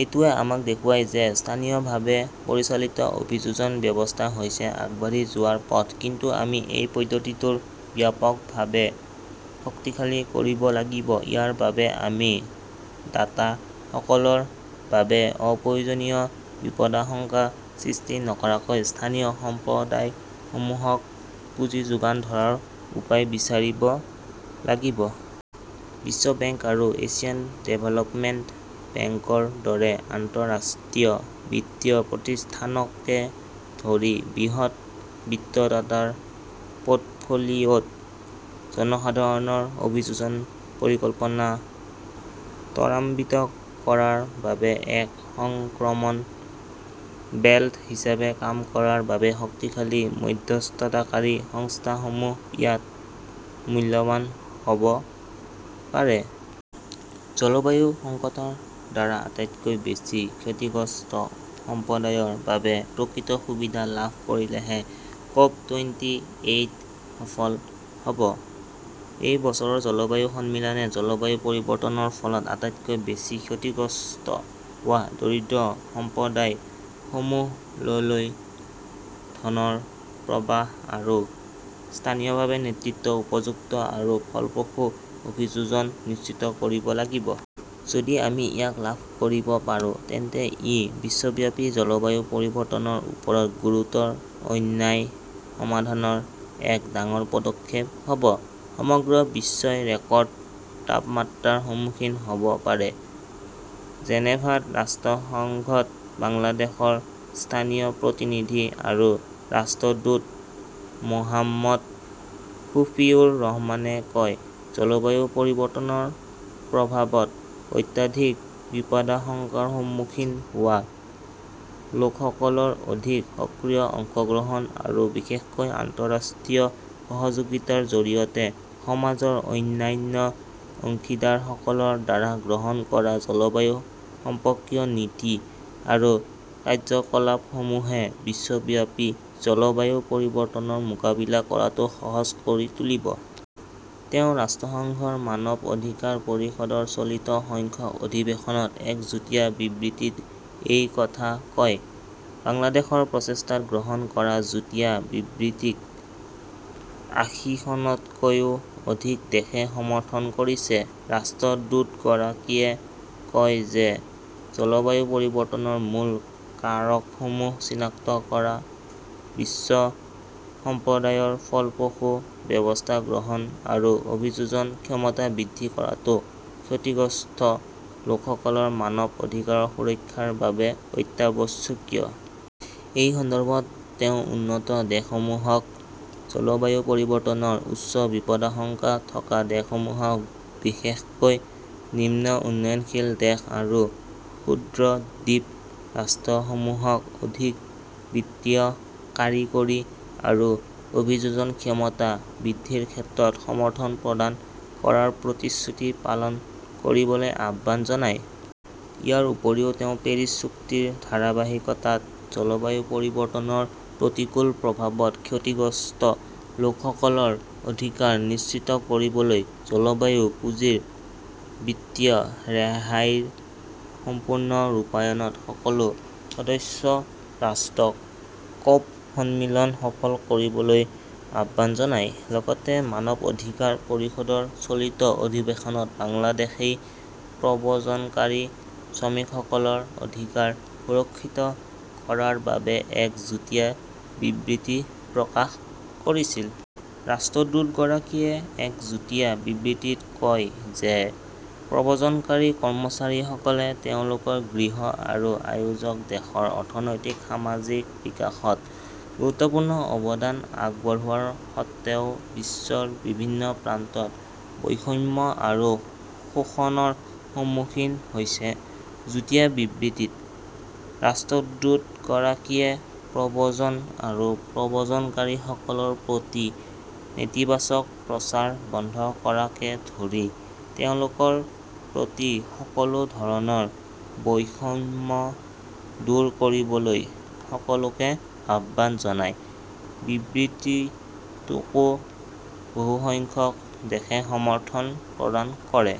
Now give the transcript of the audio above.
এইটোৱে আমাক দেখুৱায় যে স্থানীয়ভাৱে পৰিচালিত অভিযোজন ব্যৱস্থা হৈছে আগবাঢ়ি যোৱাৰ পথ। কিন্তু আমি এই পদ্ধতিবোৰ ব্যাপকভাৱে শক্তিশালী কৰিব লাগিব। ইয়াৰ বাবে আমি দাতাসকলৰ বাবে অপ্ৰয়োজনীয় বিপদাশংকা সৃষ্টি নকৰাকৈ স্থানীয় সম্প্ৰদায়সমূহক পুঁজি যোগান ধৰাৰ উপায় বিচাৰিব লাগিব। বিশ্ব বেংক আৰু এছিয়ান ডেভেলপমেণ্ট বেংকৰ দৰে আন্তঃৰাষ্ট্ৰীয় বিত্তীয় প্ৰতিষ্ঠানকে ধৰি বৃহৎ বিত্তদাতাৰ পৰ্টফোলিঅ'ত জনসাধাৰণৰ অভিযোজন পৰিকল্পনা ত্বৰান্বিত কৰাৰ বাবে এক সংক্ৰমণ বেল্ট হিচাপে কাম কৰাৰ বাবে শক্তিশালী মধ্যস্থতাকাৰী সংস্থাসমূহ ইয়াত মূল্যৱান হ'ব পাৰে। জলবায়ু সংকটৰ দ্বাৰা আটাইতকৈ বেছি ক্ষতিগ্ৰস্ত সম্প্ৰদায়ৰ বাবে প্ৰকৃত সুবিধা লাভ কৰিলেহে ক'প টুৱেন্টি এইট সফল হ'ব। এই বছৰৰ জলবায়ু সন্মিলনে জলবায়ু পৰিৱৰ্তনৰ ফলত আটাইতকৈ বেছি ক্ষতিগ্ৰস্ত হোৱা দৰিদ্ৰ সম্প্ৰদায় সমূহলৈলৈ ধনৰ প্ৰবাহ আৰু স্থানীয়ভাৱে নেতৃত্ব, উপযুক্ত আৰু ফলপ্ৰসূ অভিযোজন নিশ্চিত কৰিব লাগিব। যদি আমি ইয়াক লাভ কৰিব পাৰোঁ, তেন্তে ই বিশ্বব্যাপী জলবায়ু পৰিৱৰ্তনৰ ওপৰত গুৰুতৰ অন্যায় সমাধানৰ এক ডাঙৰ পদক্ষেপ হ'ব। সমগ্ৰ বিশ্বই ৰেকৰ্ড তাপমাত্ৰাৰ সন্মুখীন হ'ব পাৰে। জেনেভাত ৰাষ্ট্ৰসংঘত বাংলাদেশৰ স্থায়ী প্ৰতিনিধি আৰু ৰাষ্ট্ৰদূত মোহাম্মদ সুফিউৰ ৰহমানে কয়, জলবায়ু পৰিৱৰ্তনৰ প্ৰভাৱত অত্যাধিক বিপদাশংকাৰ সন্মুখীন হোৱা লোকসকলৰ অধিক সক্ৰিয় অংশগ্ৰহণ আৰু বিশেষকৈ আন্তঃৰাষ্ট্ৰীয় সহযোগিতাৰ জৰিয়তে সমাজৰ অন্যান্য অংশীদাৰসকলৰ দ্বাৰা গ্ৰহণ কৰা জলবায়ু সম্পৰ্কীয় নীতি আৰু কাৰ্যকলাপসমূহে বিশ্বব্যাপী জলবায়ু পৰিৱৰ্তনৰ মোকাবিলা কৰাটো সহজ কৰি তুলিব। তেওঁ ৰাষ্ট্ৰসংঘৰ মানৱ অধিকাৰ পৰিষদৰ চলিত সংখ্যক অধিৱেশনত এক যুটীয়া বিবৃতিত এই কথা কয়। বাংলাদেশৰ প্ৰচেষ্টাত গ্ৰহণ কৰা যুটীয়া বিবৃতিক আঁশীখনতকৈও অধিক দেশে সমৰ্থন কৰিছে। ৰাষ্ট্ৰদূতগৰাকীয়ে কয় যে, জলবায়ু পৰিৱৰ্তনৰ মূল কাৰকসমূহ চিনাক্ত কৰা, বিশ্ব সম্প্ৰদায়ৰ ফলপ্ৰসূ ব্যৱস্থা গ্ৰহণ আৰু অভিযোজন ক্ষমতা বৃদ্ধি কৰাটো ক্ষতিগ্ৰস্ত লোকসকলৰ মানৱ অধিকাৰৰ সুৰক্ষাৰ বাবে অত্যাৱশ্যকীয়। এই সন্দৰ্ভত তেওঁ উন্নত দেশসমূহক জলবায়ু পৰিৱৰ্তনৰ উচ্চ বিপদাশংকা থকা দেশসমূহক বিশেষকৈ নিম্ন উন্নয়নশীল দেশ আৰু ক্ষুদ্ৰ দ্বীপ ৰাষ্ট্ৰসমূহক অধিক বিত্তীয়, কাৰিকৰী আৰু অভিযোজন ক্ষমতা বৃদ্ধিৰ ক্ষেত্ৰত সমৰ্থন প্ৰদান কৰাৰ প্ৰতিশ্ৰুতি পালন কৰিবলৈ আহ্বান জনায়। ইয়াৰ উপৰিও তেওঁ পেৰিছ চুক্তিৰ ধাৰাবাহিকতাত জলবায়ু পৰিৱৰ্তনৰ প্ৰতিকূল প্ৰভাৱত ক্ষতিগ্ৰস্ত লোকসকলৰ অধিকাৰ নিশ্চিত কৰিবলৈ জলবায়ু পুঁজিৰ বিত্তীয় ৰেহাইৰ সম্পূৰ্ণ ৰূপায়ণত সকলো সদস্য ৰাষ্ট্ৰক ক'প সন্মিলন সফল কৰিবলৈ আহ্বান জনায়। লগতে মানৱ অধিকাৰ পৰিষদৰ চলিত অধিৱেশনত বাংলাদেশই প্ৰব্ৰজনকাৰী শ্ৰমিকসকলৰ অধিকাৰ সুৰক্ষিত কৰাৰ বাবে এক যুটীয়া বিবৃতি প্ৰকাশ কৰিছিল। ৰাষ্ট্ৰদূতগৰাকীয়ে এক যুটীয়া বিবৃতিত কয় যে প্ৰব্ৰজনকাৰী কৰ্মচাৰীসকলে তেওঁলোকৰ গৃহ আৰু আয়োজক দেশৰ অৰ্থনৈতিক-সামাজিক বিকাশত গুৰুত্বপূৰ্ণ অৱদান আগবঢ়োৱাৰ সত্ত্বেও বিশ্বৰ বিভিন্ন প্ৰান্তত বৈষম্য আৰু শোষণৰ সন্মুখীন হৈছে। যুটীয়া বিবৃতিত ৰাষ্ট্ৰদূতগৰাকীয়ে প্ৰব্ৰজন আৰু প্ৰব্ৰজনকাৰীসকলৰ প্ৰতি নেতিবাচক প্ৰচাৰ বন্ধ কৰাকে ধৰি তেওঁলোকৰ প্ৰতি সকলো ধৰণৰ বৈষম্য দূৰ কৰিবলৈ সকলোকে আহ্বান জনায়। বিবৃতিটোকো বহুসংখ্যক দেশে সমৰ্থন প্ৰদান কৰে।